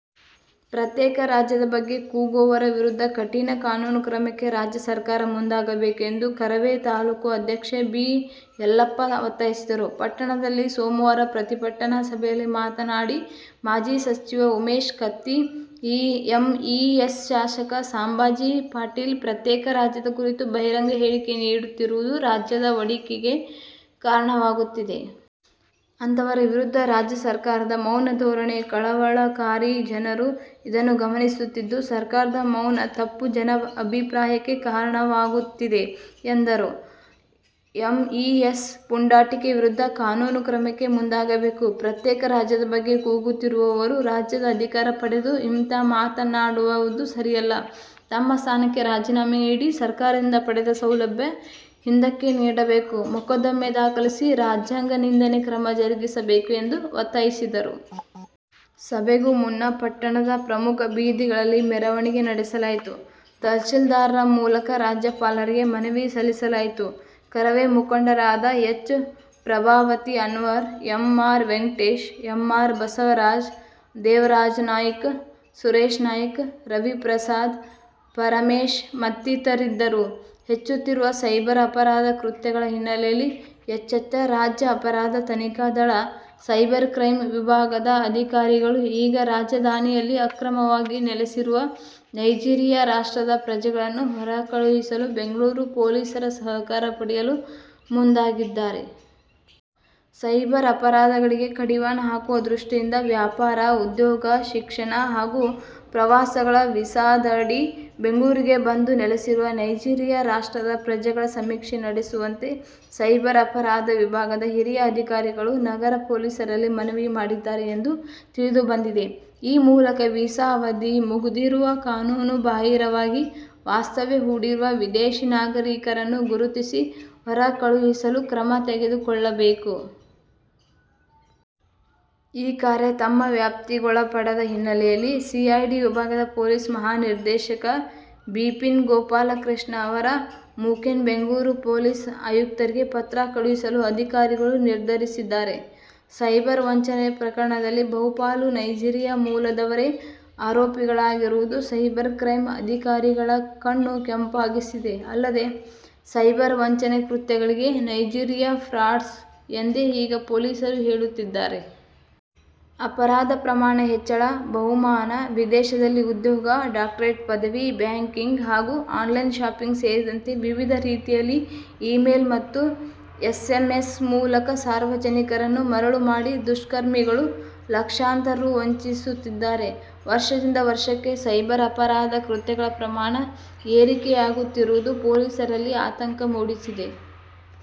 ಪ್ರತ್ಯೇಕ ರಾಜ್ಯದ ಬಗ್ಗೆ ಕೂಗುವವರ ವಿರುದ್ಧ ಕಠಿಣ ಕಾನೂನು ಕ್ರಮಕ್ಕೆ ರಾಜ್ಯ ಸರ್ಕಾರ ಮುಂದಾಗಬೇಕು ಎಂದು ಕರವೇ ತಾಲೂಕು ಅಧ್ಯಕ್ಷ ಬಿ. ಯಲ್ಲಪ್ಪ ಒತ್ತಾಯಿಸಿದರು. ಪಟ್ಟಣದಲ್ಲಿ ಸೋಮವಾರ ಪ್ರತಿಭಟನಾ ಸಭೆಯಲ್ಲಿ ಮಾತನಾಡಿ, ಮಾಜಿ ಸಚಿವ ಉಮೇಶ ಕತ್ತಿ, ಎಂಇಎಸ್ ಶಾಸಕ ಸಾಂಬಾಜಿ ಪಾಟೀಲ್ ಪ್ರತ್ಯೇಕ ರಾಜ್ಯದ ಕುರಿತು ಬಹಿರಂಗ ಹೇಳಿಕೆ ನೀಡುತ್ತಿರುವುದು ರಾಜ್ಯದ ಒಡಕಿಗೆ ಕಾರಣವಾಗುತ್ತಿದೆ. ಅಂತಹವರ ವಿರುದ್ಧ ರಾಜ್ಯ ಸರ್ಕಾರದ ಮೌನ ಧೋರಣೆ ಕಳವಳಕಾರಿ ಜನರು. ಇದನ್ನು ಗಮನಿಸುತ್ತಿದ್ದು ಸರ್ಕಾರದ ಮೌನ ತಪ್ಪು ಜನಾಭಿಪ್ರಾಯಕ್ಕೆ ಕಾರಣವಾಗುತ್ತಿದೆ ಎಂದರು. ಎಂಇಎಸ್ ಪುಂಡಾಟಿಕೆ ವಿರುದ್ಧ ಕಾನೂನು ಕ್ರಮಕ್ಕೆ ಮುಂದಾಗಬೇಕು. ಪ್ರತ್ಯೇಕ ರಾಜ್ಯದ ಬಗ್ಗೆ ಕೂಗುತ್ತಿರುವವರು ರಾಜ್ಯದ ಅಧಿಕಾರ ಪಡೆದು ಇಂತಹ ಮಾತನ್ನಾಡುವುದು ಸರಿಯಲ್ಲ. ತಮ್ಮ ಸ್ಥಾನಕ್ಕೆ ರಾಜೀನಾಮೆ ನೀಡಿ, ಸರ್ಕಾರದಿಂದ ಪಡೆದ ಸೌಲಭ್ಯ ಹಿಂದಕ್ಕೆ ನೀಡಬೇಕು ಮೊಕ್ಕದ್ದಮೆ ದಾಖಲಿಸಿ ರಾಜ್ಯಾಂಗ ನಿಂದನೆ ಕ್ರಮ ಜರುಗಿಸಬೇಕು ಎಂದು ಒತ್ತಾಯಿಸಿದರು. ಸಭೆಗೂ ಮುನ್ನ ಪಟ್ಟಣದ ಪ್ರಮುಖ ಬೀದಿಗಳಲ್ಲಿ ಮೆರವಣಿಗೆ ನಡೆಸಲಾಯಿತು. ತಹಶೀಲ್ದಾರ್ ಮೂಲಕ ರಾಜ್ಯಪಾಲರಿಗೆ ಮನವಿ ಸಲ್ಲಿಸಲಾಯಿತು. ಕರವೇ ಮುಖಂಡರಾದ H. Prabhavati, Anwar, M. R. Venkatesha, M. R. Basavaraja, Devarajanayka, Sureshanayka, Raviprasad, Paramesha ಮತ್ತಿತರರಿದ್ದರು. ಹೆಚ್ಚುತ್ತಿರುವ ಸೈಬರ್ ಅಪರಾಧ ಕೃತ್ಯಗಳ ಹಿನ್ನೆಲೆಯಲ್ಲಿ ಎಚ್ಚೆತ್ತ ರಾಜ್ಯ ಅಪರಾಧ ತನಿಖಾ ದಳ ಸೈಬರ್ ಕ್ರೈಂ ವಿಭಾಗದ ಅಧಿಕಾರಿಗಳು ಈಗ ರಾಜಧಾನಿಯಲ್ಲಿ ಅಕ್ರಮವಾಗಿ ನೆಲೆಸಿರುವ ನೈಜೀರಿಯಾ ರಾಷ್ಟ್ರದ ಪ್ರಜೆಗಳನ್ನು ಹೊರ ಕಳುಹಿಸಲು ಬೆಂಗಳೂರು ಪೊಲೀಸರ ''''''ಸಹಕಾರ'' ಪಡೆಯಲು ಮುಂದಾಗಿದ್ದಾರೆ. ಸೈಬರ್ ಅಪರಾಧಗಳಿಗೆ ಕಡಿವಾಣ ಹಾಕುವ ದೃಷ್ಟಿಯಿಂದ ವ್ಯಾಪಾರ, ಉದ್ಯೋಗ, ಶಿಕ್ಷಣ ಹಾಗೂ ಪ್ರವಾಸಗಳ ವೀಸಾದಡಿ ಬೆಂಗಳೂರಿಗೆ ಬಂದು ನೆಲೆಸಿರುವ ನೈಜೀರಿಯಾ ರಾಷ್ಟ್ರದ ಪ್ರಜೆಗಳ ಸಮೀಕ್ಷೆ ನಡೆಸುವಂತೆ ಸೈಬರ್ ಅಪರಾಧ ವಿಭಾಗದ ಹಿರಿಯ ಅಧಿಕಾರಿಗಳು ನಗರ ಪೊಲೀಸರಲ್ಲಿ ಮನವಿ ಮಾಡಿದ್ದಾರೆ ಎಂದು ತಿಳಿದು ಬಂದಿದೆ. ಈ ಮೂಲಕ ವೀಸಾ ಅವಧಿ ಮುಗಿದರೂ ಕಾನೂನು ಬಾಹಿರವಾಗಿ ವಾಸ್ತವ್ಯ ಹೂಡಿರುವ ವಿದೇಶಿ ನಾಗರಿಕರನ್ನು ಗುರುತಿಸಿ ಹೊರ ಕಳುಹಿಸಲು ಕ್ರಮ ತೆಗೆದುಕೊಳ್ಳಬೇಕು. ಈ ಕಾರ್ಯ ತಮ್ಮ ವ್ಯಾಪ್ತಿಗೊಳಪಡದ ಹಿನ್ನೆಲೆಯಲ್ಲಿ ಸಿಐಡಿ ವಿಭಾಗದ ಪೊಲೀಸ್ ಮಹಾನಿರ್ದೇಶಕ ಬಿಪಿನ್ ಗೋಪಾಲಕೃಷ್ಣ ಅವರ ಮುಖೇನ ಬೆಂಗಳೂರು ಪೊಲೀಸ್ ಆಯುಕ್ತರಿಗೆ ಪತ್ರ ಕಳುಹಿಸಲು ಅಧಿಕಾರಿಗಳು ನಿರ್ಧರಿಸಿದ್ದಾರೆ. ಸೈಬರ್ ವಂಚನೆ ಪ್ರಕರಣದಲ್ಲಿ ಬಹುಪಾಲು ನೈಜೀರಿಯಾ ಮೂಲದವರೇ ಆರೋಪಿಗಳಾಗಿರುವುದು ಸೈಬರ್ ಕ್ರೈಂ ಅಧಿಕಾರಿಗಳ ಕಣ್ಣು ಕೆಂಪಾಗಿಸಿದೆ. ಅಲ್ಲದೆ, ಸೈಬರ್ ವಂಚನೆ ಕೃತ್ಯಗಳಿಗೆ ''''ನೈಜೀರಿಯಾ ಫ್ರಾಡ್ಸ್'' ಎಂದೇ ಈಗ ಪೊಲೀಸರು ಹೇಳುತ್ತಿದ್ದಾರೆ. ಅಪರಾಧ ಪ್ರಮಾಣ ಹೆಚ್ಚಳ: ಬಹುಮಾನ, ವಿದೇಶದಲ್ಲಿ ಉದ್ಯೋಗ, ಡಾಕ್ಟರೇಟ್ ಪದವಿ, ಬ್ಯಾಂಕಿಂಗ್ ಹಾಗೂ ಆನ್ಲೈನ್ ಶಾಪಿಂಗ್ ಸೇರಿದಂತೆ ವಿವಿಧ ರೀತಿಯಲ್ಲಿ ಇ-ಮೇಲ್ ಮತ್ತು ಎಸ್ಎಂಎಸ್ ಮೂಲಕ ಸಾರ್ವಜನಿಕರನ್ನು ಮರಳು ಮಾಡಿ ದುಷ್ಕರ್ಮಿಗಳು ಲಕ್ಷಾಂತರ ರೂ. ವಂಚಿಸುತ್ತಿದ್ದಾರೆ. ವರ್ಷದಿಂದ ವರ್ಷಕ್ಕೆ ಸೈಬರ್ ಅಪರಾಧ ಕೃತ್ಯಗಳ ಪ್ರಮಾಣ ಏರಿಕೆಯಾಗುತ್ತಿರುವುದು ಪೊಲೀಸರಲ್ಲಿ ಆತಂಕ ಮೂಡಿಸಿದೆ.